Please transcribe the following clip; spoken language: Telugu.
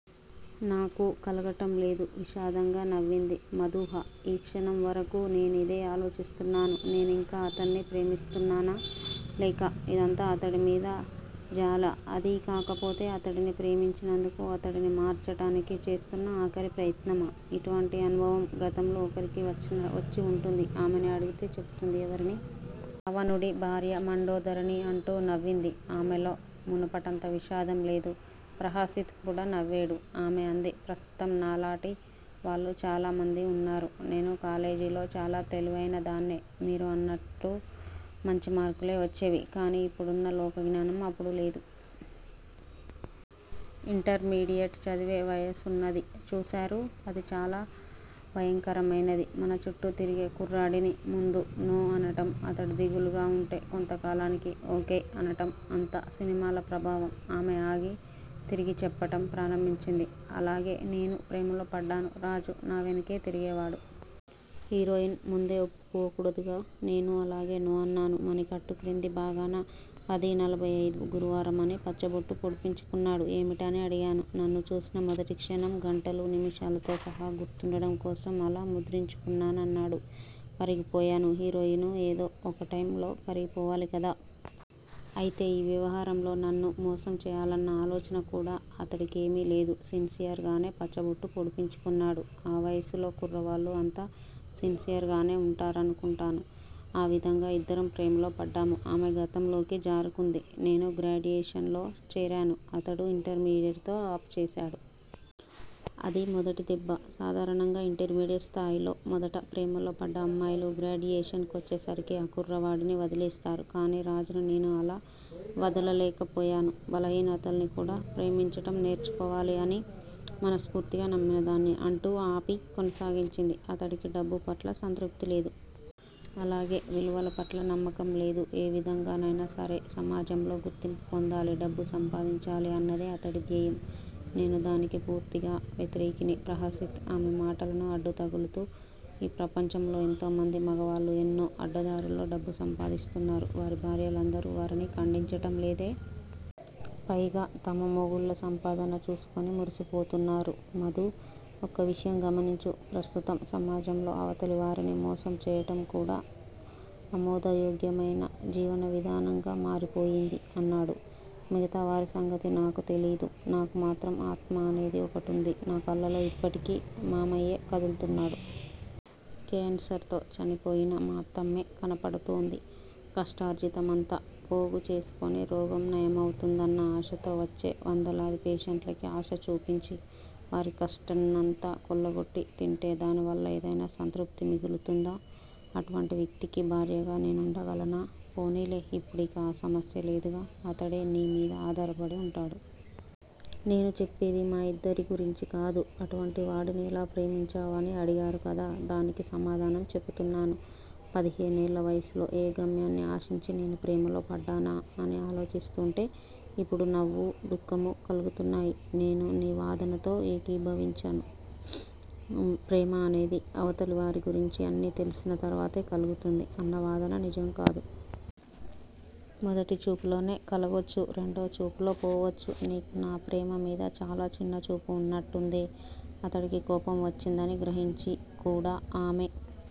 నాకూ కలగటం లేదు విషాదంగా నవ్వింది మధూహ. ఈ క్షణం వరకూ నేనిదే ఆలోచిస్తున్నాను. నేనింకా అతన్ని ప్రేమిస్తున్నానా? లేక ఇదంతా అతడిమీద జాలా? అదీకాకపోతే అతడిని ప్రేమించినందుకు అతడిని మార్చటానికి చేస్తున్న ఆఖరి ప్రయత్నమా? ఇటువంటి అనుభవం గతంలో ఒకరికి వచ్చివుంటుంది. ఆమెని అడిగితే చెపుతుంది ఎవరిని? 'రావణుడి భార్య మండోదరిని అంటూ నవ్వింది. ఆమెలో మునపటంత విషాదం లేదు. ప్రహసిత్ కూడా నవ్వేడు. ఆమె అంది ప్రస్తుతం నాలాటి వాళ్ళు చాలామంది వున్నారు. నేను కాలేజీలో చాలా తెలివైనదాన్నే. మీరు అన్నట్టు మంచి మార్కులే వచ్చేవి. కానీ ఇప్పుడున్న లోకజ్ఞానం అప్పుడు లేదు. ఇంటర్మీడియెట్ చదివే వయసున్నది చూసారూ అది చాలా భయంకరమైనది. మనచుట్టూ తిరిగే కుర్రాడిని ముందు'నో' అనటం అతడు దిగులుగా వుంటే, కొంతకాలానికి 'ఓ. కే. ' అనటం అంతా సినిమాల ప్రభావం ఆమె ఆగి, తిరిగి చెప్పటం ప్రారంభించింది. అలాగే నేనూ ప్రేమలో పడ్డాను. రాజు నావెనుకే తిరిగేవాడు. హీరోయిన్ ముందే ఒప్పుకోకూడదుగా. నేనూ అలాగే 'నో' అన్నాను. మణికట్టు క్రిందిభాగాన 'పది నలభై ఐదు ' గురువారం' అని పచ్చబొట్టు పొడిపించుకున్నాడు. ఏమిటని అడిగాను. నన్ను చూసిన మొదటి క్షణం, గంటలూ నిముషాలతో సహా గుర్తుండడం కోసం అలా ముద్రించుకున్నానన్నాడు. కరిగిపోయాను హీరోయిను ఏదో ఒకటైమ్ లో కరిగిపోవాలికదా. అయితే ఈ వ్యవహారంలో నన్ను మోసంచేయాలన్న ఆలోచన కూడా అతడి కేమీలేదు. సిన్సియర్ గానే పచ్చబొట్టు పొడిపించుకున్నాడు. ఆ వయసులో కుర్రవాళ్ళు అంత సిన్సియర్ గానే వుంటారనుకుంటాను. ఆ విధంగా ఇద్దరం ప్రేమలోపడ్డాము ఆమె గతంలోకి జారుకుంది. నేను గ్రాడ్యుయేషన్ లో చేరాను. అతడు ఇంటర్మీడియట్ తో ఆపుచేసాడు. అది మొదటిదెబ్బ. సాధారణంగా ఇంటర్మీడియట్ స్థాయిలో మొదట ప్రేమలో పడ్డ అమ్మాయిలు, గ్రాడ్యుయేషన్ కొచ్చేసరికి ఆ కుర్రవాడిని వదిలేస్తారు. కానీ రాజుని నేను అలా వదలలేకపోయాను. బలహీనతల్ని కూడా ప్రేమించటం నేర్చుకోవాలి అవి మనస్ఫూర్తిగా నమ్మినదాన్ని ' అంటూ ఆపి, కొనసాగించింది. అతడికి డబ్బుపట్ల సంతృప్తి లేదు. అలాగే విలువలపట్ల నమ్మకంలేదు. ఏ విధంగానైనా సరే సమాజంలో గుర్తింపు పొందాలి, డబ్బు సంపాదించాలి అన్నదే అతడి ధ్యేయం. నేను దానికి పూర్తిగా వ్యతిరేకిని ప్రహసిత్ ఆమె మాటలను అడ్డుతగులుతూ ఈ ప్రపంచంలో ఎంతోమంది మగవాళ్ళు ఎన్నో అడ్డదారుల్లో డబ్బు సంపాదిస్తున్నారు. వారి భార్యలందరూ వారిని ఖండించటంలేదే. పైగా తమ మొగుళ్ళ సంపాదన చూసుకుని మురిసిపోతున్నారు. మధూ! ఒక్క విషయం గమనించు! ప్రస్తుతం సమాజంలో అవతలివారిని మోసం చేయటం కూడా ఆమోదయోగ్యమైన జీవనవిధానంగా మారిపోయింది అన్నాడు. మిగతా వారి సంగతి నాకు తెలీదు. నాకు మాత్రం ఆత్మ అనేది ఒకటుంది. నా కళ్ళలో ఇప్పటికీ మామయ్యే కదులుతున్నాడు. కేన్సర్ తో చనిపోయిన మా అత్తమ్మే కనపడుతూంది. కష్టార్జితమంతా పోగుచేసుకుని, రోగం నయమవుతుందన్న ఆశతో వచ్చే వందలాది పేషెంట్లకి ఆశచూపించి వారి కష్టన్నంతా కొల్లగొట్టి తింటే దానివల్ల ఏదైనా సంతృప్తి మిగులుతుందా? అటువంటి వ్యక్తికి భార్యగా నేనుండగలనా? పోనీలే. ఇప్పుడిక ఆ సమస్య లేదుగా. అతడే నీ మీద ఆధారపడి వుంటాడు. నేను చెప్పేది మా ఇద్దరి గురించికాదు. అటువంటివాడిని ఎలా ప్రేమించావు అని అడిగారు కదా! డానికి సమాధానం చెపుతున్నాను. పదిహేనేళ్ళ వయసులో ఏ గమ్యాన్ని ఆశించి నేను ప్రేమలో పడ్డానా అని ఆలోచిస్తూంటే ఇప్పుడు నవ్వూ, దుఃఖమూ కలుగుతున్నాయి. నేను నీ వాదనతో ఏకీభావించను. ప్రేమ అనేది అవతలి వారి గురించి అన్నీ తెలిసిన తరువాతే కలుగుతుంది అన్న వాదన నిజం కాదు. మొదటి చూపులోనే కలగొచ్చు రెండో చూపులో పోవచ్చు. నీకు నాప్రేమ మీద చాలా చిన్నచూపు వున్నట్టుందే. అతడికి కోపం వచ్చిందని గ్రహించి కూడా ఆమె